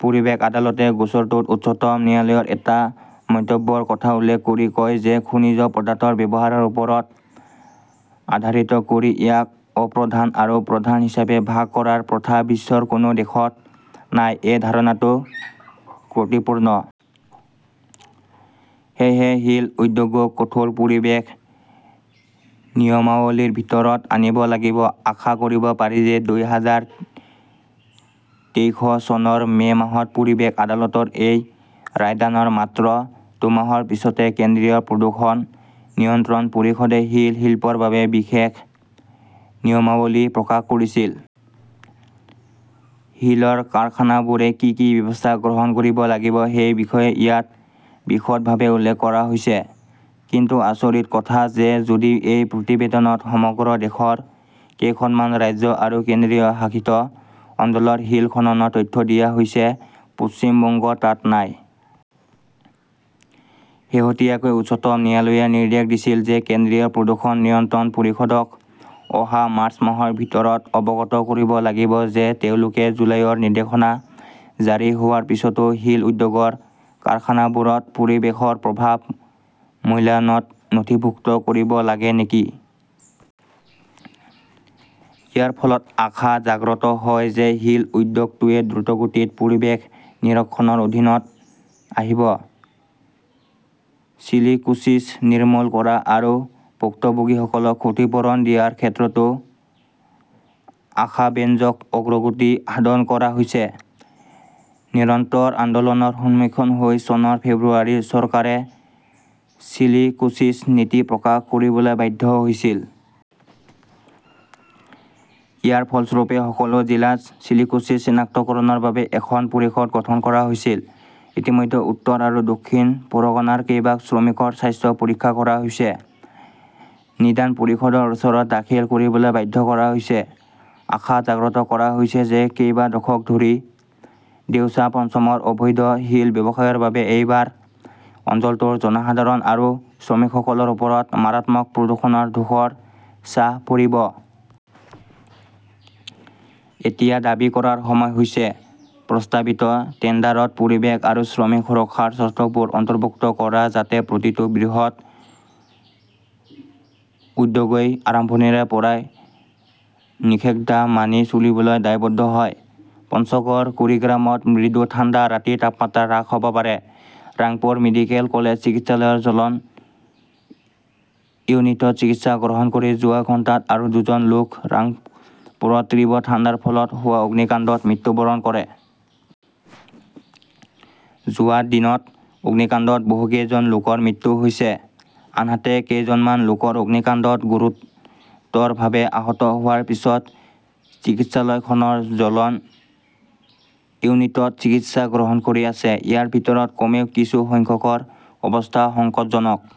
পৰিৱেশ আদালতে গোচৰটোত উচ্চতম ন্যায়ালয়ৰ এটা মন্তব্যৰ কথা উল্লেখ কৰি কয় যে, খনিজ পদাৰ্থৰ ব্যৱহাৰৰ ওপৰত আধাৰিত কৰি ইয়াক 'অপ্ৰধান' আৰু 'প্ৰধান' হিচাপে ভাগ কৰাৰ প্ৰথা বিশ্বৰ কোনো দেশত নাই। এই ধাৰণাটো ক্ৰটিপূৰ্ণ। সেয়েহে শিল উদ্যোগকো কঠোৰ পৰিৱেশ নিয়মাৱলীৰ ভিতৰত আনিব লাগিব। আশা কৰিব পাৰি যে, দুই হাজাৰ তেইশ চনৰ মে "মাহত পৰিৱেশ আদালতৰ এই ৰায়দানৰ মাত্ৰ দুমাহৰ পিছতে কেন্দ্ৰীয় প্ৰদূষণ নিয়ন্ত্ৰণ পৰিষদে শিল শিল্পৰ বাবে বিশেষ নিয়মাৱলী প্ৰকাশ কৰিছিল। শিলৰ কাৰখানাবোৰে কি কি ব্যৱস্থা গ্ৰহণ কৰিব লাগিব সেই বিষয়ে ইয়াত বিশদভাৱে উল্লেখ কৰা হৈছে। কিন্তু আচৰিত কথা যে যদিও এই প্ৰতিবেদনত সমগ্ৰ দেশৰ কেইখনমান ৰাজ্য আৰু কেন্দ্ৰীয় শাসিত অঞ্চলৰ শিল খননৰ তথ্য দিয়া হৈছে, পশ্চিম বংগ তাত নাই! শেহতীয়াকৈ উচ্চতম ন্যায়ালয়ে নিৰ্দেশ দিছিল যে, কেন্দ্ৰীয় প্ৰদূষণ নিয়ন্ত্ৰণ পৰিষদক অহা মাৰ্চ মাহৰ ভিতৰত অৱগত কৰিব লাগিব যে তেওঁলোকে জুলাইৰ নিৰ্দেশনা জাৰি হোৱাৰ পিছতো শিল উদ্যোগৰ কাৰখানাবোৰত 'পৰিৱেশৰ প্ৰভাৱ মূল্যায়নত নথিভুক্ত কৰিব লাগে নেকি। ইয়াৰ ফলত আশা জাগ্ৰত হয় যে শিল উদ্যোগটোৱে দ্ৰুতগতিত পৰিৱেশ নিৰীক্ষণৰ অধীনত আহিব। চিলিকোচিছ নিৰ্মূল কৰা আৰু ভুক্তভোগীসকলক ক্ষতিপূৰণ দিয়াৰ ক্ষেত্ৰতো আশাব্যঞ্জক অগ্ৰগতি সাধন কৰা হৈছে। নিৰন্তৰ আন্দোলনৰ সন্মুখীন হৈ চনৰ ফেব্ৰুৱাৰীত চৰকাৰে চিলিকোচিছ নীতি প্ৰকাশ কৰিবলৈ বাধ্য হৈছিল। ইয়াৰ ফলস্বৰূপে সকলো জিলাত চিলিকোচিছ চিনাক্তকৰণৰ বাবে এখন পৰিষদ গঠন কৰা হৈছিল। ইতিমধ্যে উত্তৰ আৰু দক্ষিণ পৰগনাৰ কেইবাশ শ্ৰমিকৰ স্বাস্থ্য পৰীক্ষা কৰা হৈছে, নিদান পৰিষদৰ ওচৰত দাখিল কৰিবলৈ বাধ্য কৰা হৈছে। আশা জাগ্ৰত কৰা হৈছে যে, কেইবা দশক ধৰি দেউচা-পঞ্চমৰ অবৈধ শিল ব্যৱসায়ৰ বাবে এইবাৰ অঞ্চলটোৰ জনসাধাৰণ আৰু শ্ৰমিকসকলৰ ওপৰত মাৰাত্মক প্ৰদূষণৰ ধূসৰ ছাঁ পৰিব। এতিয়া দাবী কৰাৰ সময় হৈছে প্ৰস্তাৱিত টেণ্ডাৰত পৰিৱেশ আৰু শ্ৰমিক সুৰক্ষাৰ চৰ্তবোৰ অন্তৰ্ভুক্ত কৰা, যাতে প্ৰতিটো বৃহৎ উদ্যোগই আৰম্ভণিৰে পৰাই নিষেধ্ধা মানি চলিবলৈ দায়বদ্ধ হয়। পঞ্চগড়-কুৰিগ্ৰামত মৃদু ঠাণ্ডা, ৰাতিৰ তাপমাত্ৰা হ্ৰাস হ'ব পাৰে ৰাংপুৰ মেডিকেল কলেজ চিকিৎসালয়ৰ জ্বলন ইউনিটত চিকিৎসা গ্ৰহণ কৰি যোৱা ঘণ্টাত আৰু দুজন লোক ৰাংপুৰত তীব্ৰ ঠাণ্ডাৰ ফলত হোৱা অগ্নিকাণ্ডত মৃত্যুবৰণ কৰে। যোৱা দিনত অগ্নিকাণ্ডত বহুকেইজন লোকৰ মৃত্যু হৈছে। আনহাতে, কেইজনমান লোকৰ অগ্নিকাণ্ডত গুৰুতৰভাৱে আহত হোৱাৰ পিছত চিকিৎসালয়খনৰ জ্বলন ইউনিটত চিকিৎসা গ্ৰহণ কৰি আছে। ইয়াৰ ভিতৰত কমেও কিছু সংখ্যকৰ অৱস্থা সংকটজনক।